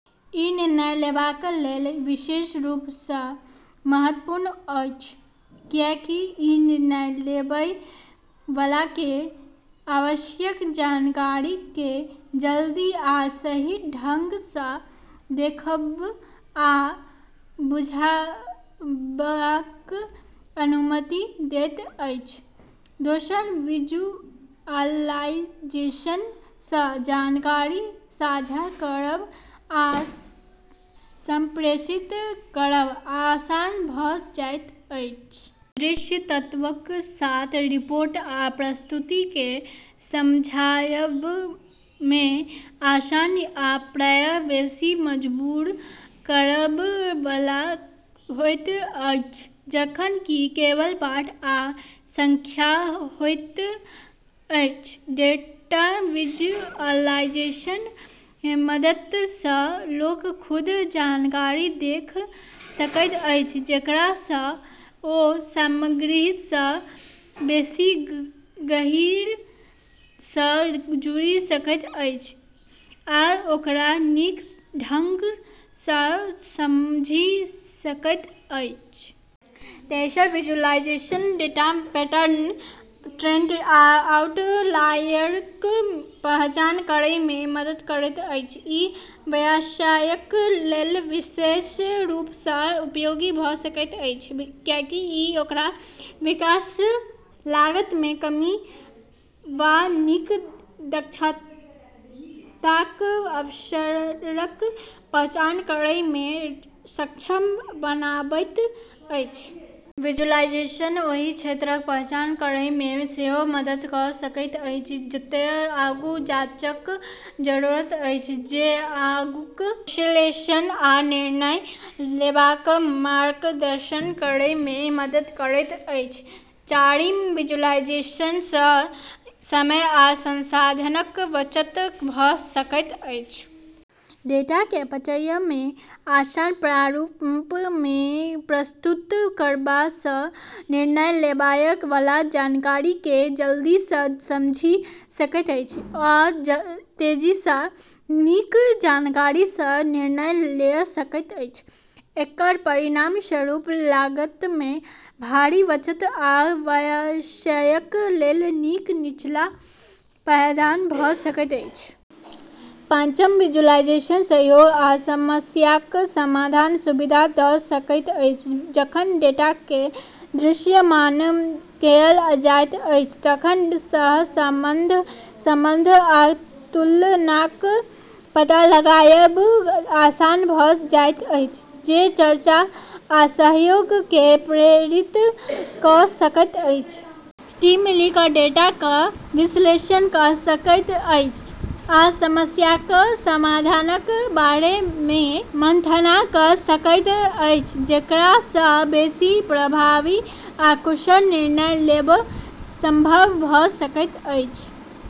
ई निर्णय लेबाक लेल विशेष रूपसँ महत्वपूर्ण अछि, किएकि ई निर्णय लेबय वालाकेँ आवश्यक जानकारीकेँ जल्दी आ सही ढङ्गसँ देखब आ बुझबाक अनुमति दैत अछि। दोसर, विजुअलाइजेशनसँ जानकारी साझा करब आ सम्प्रेषित करब आसान भऽ जाइत अछि। दृश्य तत्वक साथ रिपोर्ट आ प्रस्तुतिकेँ समझायबमे आसान आ प्रायः बेसी मजबूर करब वाला होइत अछि, जखन कि केवल पाठ आ सङ्ख्या होइत अछि। डेटा विजुअलाइजेशनक मददसँ लोक खुद जानकारी देख सकैत अछि, जेकरासँ ओ सामग्रीसँ बेसी गहींरसँ जुड़ि सकैत अछि आ ओकरा नीक ढङ्गसँ समझि सकैत अछि। तेसर, विजुअलाइजेशन डेटामे पैटर्न, ट्रेन्ड आ आउटलायरक पहचान करैमे मदद करैत अछि। ई व्यवसायक लेल विशेष रूपसँ उपयोगी भऽ सकैत अछि, किएकि ई ओकरा विकास, लागतमे कमी, वा नीक दक्षताक अवसरक पहचान करैमे सक्षम बनाबैत अछि। विजुअलाइजेशन ओही क्षेत्रक पहचान करैमे सेहो मदद कऽ सकैत अछि जतय आगूक जाँचक जरूरत अछि, जे आगूक विश्लेषण आ निर्णय लेबाक मार्गदर्शन करैमे मदद करैत अछि। चारिम, विजुअलाइजेशनसँ समय आ संसाधनक बचत भऽ सकैत अछि। डेटाकेँ पचयमे आसान प्रारूपमे प्रस्तुत करबसँ निर्णय लेबय वाला जानकारीकेँ जल्दीसँ समझि सकैत अछि आ तेजीसँ, नीक जानकारीसँ निर्णय लय सकैत अछि। एकर परिणामस्वरूप लागतमे भारी बचत आ व्यवसायक लेल नीक निचला पायदान भऽ सकैत अछि। पाँचम, विजुअलाइजेशन सहयोग आ समस्याक समाधानमे सुविधा दऽ सकैत अछि। जखन डेटाकेँ दृश्यमान कएल जाइत अछि तखन सहसम्बन्ध, सम्बन्ध आ तुलनाक पता लगाएब आसान भऽ जाइत अछि, जे चर्चा आ सहयोगकेँ प्रेरित कऽ सकैत अछि। टीम मिलि कऽ डेटाक विश्लेषण कऽ सकैत अछि आ समस्याक समाधानक बारेमे मन्थना कऽ सकैत अछि, जेकरासँ बेसी प्रभावी आ कुशल निर्णय लेब सम्भव भऽ सकैत अछि।